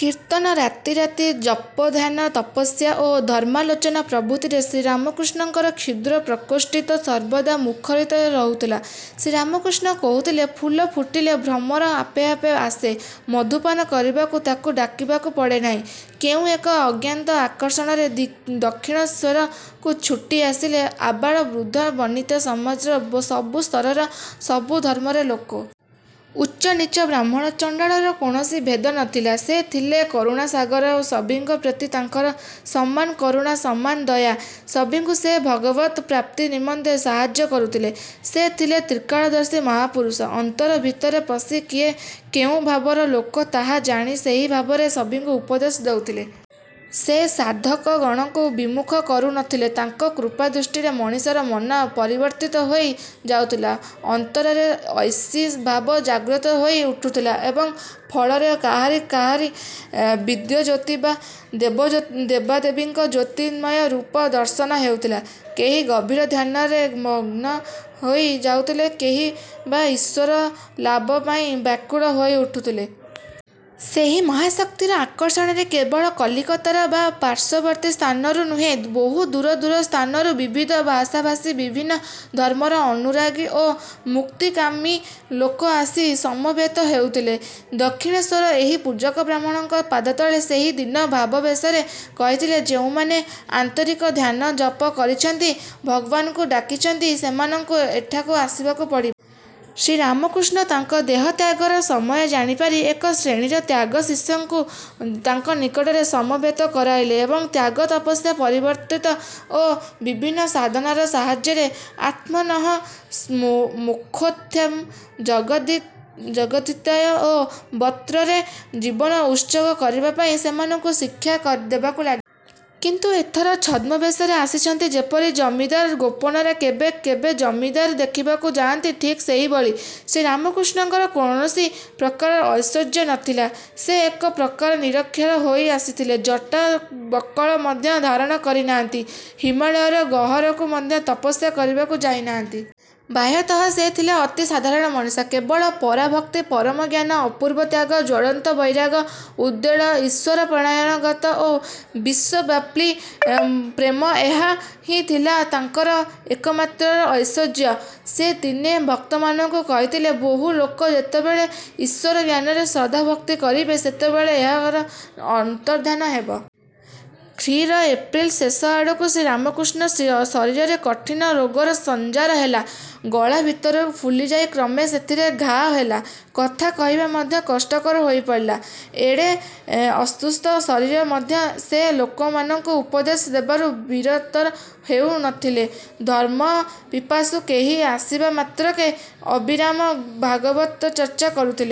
କୀର୍ତ୍ତନ ରାତି ରାତି ଜପଧ୍ୟାନ ତପସ୍ୟା ଓ ଧର୍ମାଲୋଚନା ପ୍ରଭୃତିରେ ଶ୍ରୀରାମକୃଷ୍ଣଙ୍କ କ୍ଷୁଦ୍ର ପ୍ରକୋଷ୍ଠଟି ସର୍ବଦା ମୁଖରିତ ରହୁଥିଲା। ଶ୍ରୀରାମକୃଷ୍ଣ କହୁଥିଲେ ଫୁଲ ଫୁଟିଲେ ଭ୍ରମର ଆପେ ଆପେ ଆସେ ମଧୁପାନ କରିବାକୁ ତାକୁ ଡାକିବାକୁ ପଡ଼େ ନାହିଁ। କେଉଁ ଏକ ଅଜ୍ଞାତ ଆକର୍ଷଣରେ ଦକ୍ଷିଣେଶ୍ୱରକୁ ଛୁଟି ଆସିଲେ ଆବାଳ ବୃଦ୍ଧ ବନିତା ସମାଜର ସବୁ ସ୍ତରର ସବୁ ଧର୍ମର ଲୋକେ। ଉଚ୍ଚ ନୀଚ ବ୍ରାହ୍ମଣ ଚଣ୍ଡାଳର କୌଣସି ଭେଦ ନ ଥିଲା। ସେ ଥିଲେ କରୁଣାସାଗର। ସଭିଙ୍କ ପ୍ରତି ତାଙ୍କର ସମାନ କରୁଣା ସମାନ ଦୟା। ସଭିଙ୍କୁ ସେ ଭଗବତ ପ୍ରାପ୍ତି ନିମନ୍ତେ ସାହାଯ୍ୟ କରୁଥିଲେ। ସେ ଥିଲେ ତ୍ରିକାଳଦର୍ଶୀ ମହାପୁରୁଷ। ଅନ୍ତର ଭିତରେ ପଶି କିଏ କେଉଁ ଭାବର ଲୋକ ତାହା ଜାଣି ସେହି ଭାବରେ ସଭିଙ୍କୁ ଉପଦେଶ ଦେଉଥିଲେ। ସେ ସାଧକଗଣଙ୍କୁ ବିମୁଖ କରୁ ନ ଥିଲେ। ତାଙ୍କ କୃପାଦୃଷ୍ଟିରେ ମଣିଷର ମନ ପରିବର୍ତ୍ତିତ ହୋଇ ଯାଉଥିଲା ଅନ୍ତରରେ ଐଶୀ ଭାବ ଜାଗ୍ରତ ହୋଇ ଉଠୁଥିଲା ଏବଂ ଫଳରେ କାହାରି କାହାରି ଦିବ୍ୟଜ୍ୟୋତି ବା ଦେବଦେବୀଙ୍କ ଜ୍ୟୋତିର୍ମୟ ରୂପ ଦର୍ଶନ ହେଉଥିଲା କେହି ଗଭୀର ଧ୍ୟାନରେ ମଗ୍ନ ହୋଇ ଯାଉଥିଲେ କେହି ବା ଈଶ୍ୱରଲାଭ ପାଇଁ ବ୍ୟାକୁଳ ହୋଇ ଉଠୁଥିଲେ। ସେହି ମହାଶକ୍ତିର ଆକର୍ଷଣରେ କେବଳ କଲିକତା ବା ପାର୍ଶ୍ୱବର୍ତ୍ତୀ ସ୍ଥାନରୁ ନୁହେଁ ବହୁ ଦୂର ଦୂର ସ୍ଥାନରୁ ବିବିଧ ଭାଷାଭାଷୀ ବିଭିନ୍ନ ଧର୍ମର ଅନୁରାଗୀ ଓ ମୁକ୍ତିକାମୀ ଲୋକ ଆସି ସମବେତ ହେଉଥିଲେ ଦକ୍ଷିଣେଶ୍ୱରର ଏହି ପୂଜକ ବ୍ରାହ୍ମଣଙ୍କ ପାଦତଳେ। ସେ ଦିନେ ଭାବାବେଶରେ କହିଥିଲେ ଯେଉଁମାନେ ଆନ୍ତରିକ ଧ୍ୟାନ ଜପ କରିଛନ୍ତି ଭଗବାନଙ୍କୁ ଡାକିଛନ୍ତି ସେମାନଙ୍କୁ ଏଠାକୁ ଆସିବାକୁ ପଡ଼ିବ। ଶ୍ରୀରାମକୃଷ୍ଣ ତାଙ୍କ ଦେହତ୍ୟାଗର ସମୟ ଜାଣିପାରି ଏକ ଶ୍ରେଣୀର ତ୍ୟାଗୀ ଶିଷ୍ୟଗଣଙ୍କୁ ତାଙ୍କ ନିକଟରେ ସମବେତ କରାଇଲେ ଏବଂ ତ୍ୟାଗ ତପସ୍ୟା ପବିତ୍ରତା ଓ ବିଭିନ୍ନ ସାଧନାର ସାହାଯ୍ୟରେ ଆତ୍ମନଃ ମୋକ୍ଷାର୍ଥଂ ଜଗଦ୍ଧିତାୟ ଚ ବ୍ରତରେ ଜୀବନ ଉତ୍ସର୍ଗ କରିବା ପାଇଁ ସେମାନଙ୍କୁ ଶିକ୍ଷା ଦେବାକୁ ଲାଗିଲେ। କିନ୍ତୁ ଏଥର ଛଦ୍ମବେଶରେ ଆସିଛନ୍ତି ଯେପରି ଜମିଦାର ଗୋପନରେ କେବେ କେବେ ଜମିଦାରୀ ଦେଖିବାକୁ ଯାଆନ୍ତି ଠିକ୍ ସେହିଭଳି। ଶ୍ରୀରାମକୃଷ୍ଣଙ୍କର କୌଣସି ପ୍ରକାର ଐଶ୍ୱର୍ଯ୍ୟ ନ ଥିଲା। ସେ ଏକ ପ୍ରକାର ନିରକ୍ଷର ହୋଇ ଆସିଥିଲେ। ଜଟା ବଳ୍କଳ ମଧ୍ୟ ଧାରଣ କରି ନାହାନ୍ତି। ହିମାଳୟର ଗହ୍ୱରକୁ ମଧ୍ୟ ତପସ୍ୟା କରିବାକୁ ଯାଇ ନାହାନ୍ତି। ବାହ୍ୟତଃ ସେ ଥିଲେ ଅତି ସାଧାରଣ ମଣିଷ। କେବଳ ପରାଭକ୍ତି ପରମ ଜ୍ଞାନ ଅପୂର୍ବ ତ୍ୟାଗ ଜ୍ୱଳନ୍ତ ବୈରାଗ୍ୟ ଉଦ୍ବେଳ ଈଶ୍ୱରପରାୟଣତା ଓ ବିଶ୍ୱପ୍ଳାବୀ ପ୍ରେମ ଏହା ହିଁ ଥିଲା ତାଙ୍କର ଏକମାତ୍ର ଐଶ୍ୱର୍ଯ୍ୟ। ସେ ଦିନେ ଭକ୍ତମାନଙ୍କୁ କହିଥିଲେ ବହୁ ଲୋକ ଯେତେବେଳେ ଈଶ୍ୱରଜ୍ଞାନରେ ଶ୍ରଦ୍ଧାଭକ୍ତି କରିବେ ସେତେବେଳେ ଏହାର ଅନ୍ତର୍ଦ୍ଧାନ ହେବ। ଖ୍ରୀ ର ଏପ୍ରିଲ ଶେଷ ଆଡ଼କୁ ଶ୍ରୀରାମକୃଷ୍ଣଙ୍କ ଶରୀରରେ କଠିନ ରୋଗର ସଞ୍ଚାର ହେଲା। ଗଳାଭିତର ଫୁଲିଯାଇ କ୍ରମେ ସେଥିରେ ଘାଆ ହେଲା। କଥା କହିବା ମଧ୍ୟ କଷ୍ଟକର ହୋଇ ପଡ଼ିଲା। ଏଡ଼େ ଅସୁସ୍ଥ ଶରୀରରେ ମଧ୍ୟ ସେ ଲୋକମାନଙ୍କୁ ଉପଦେଶ ଦେବାରୁ ବିରତ ହେଉ ନ ଥିଲେ। ଧର୍ମପିପାସୁ କେହି ଆସିବା ମାତ୍ରକେ ଅବିରାମ ଭଗବତ ଚର୍ଚ୍ଚା କରୁଥିଲେ।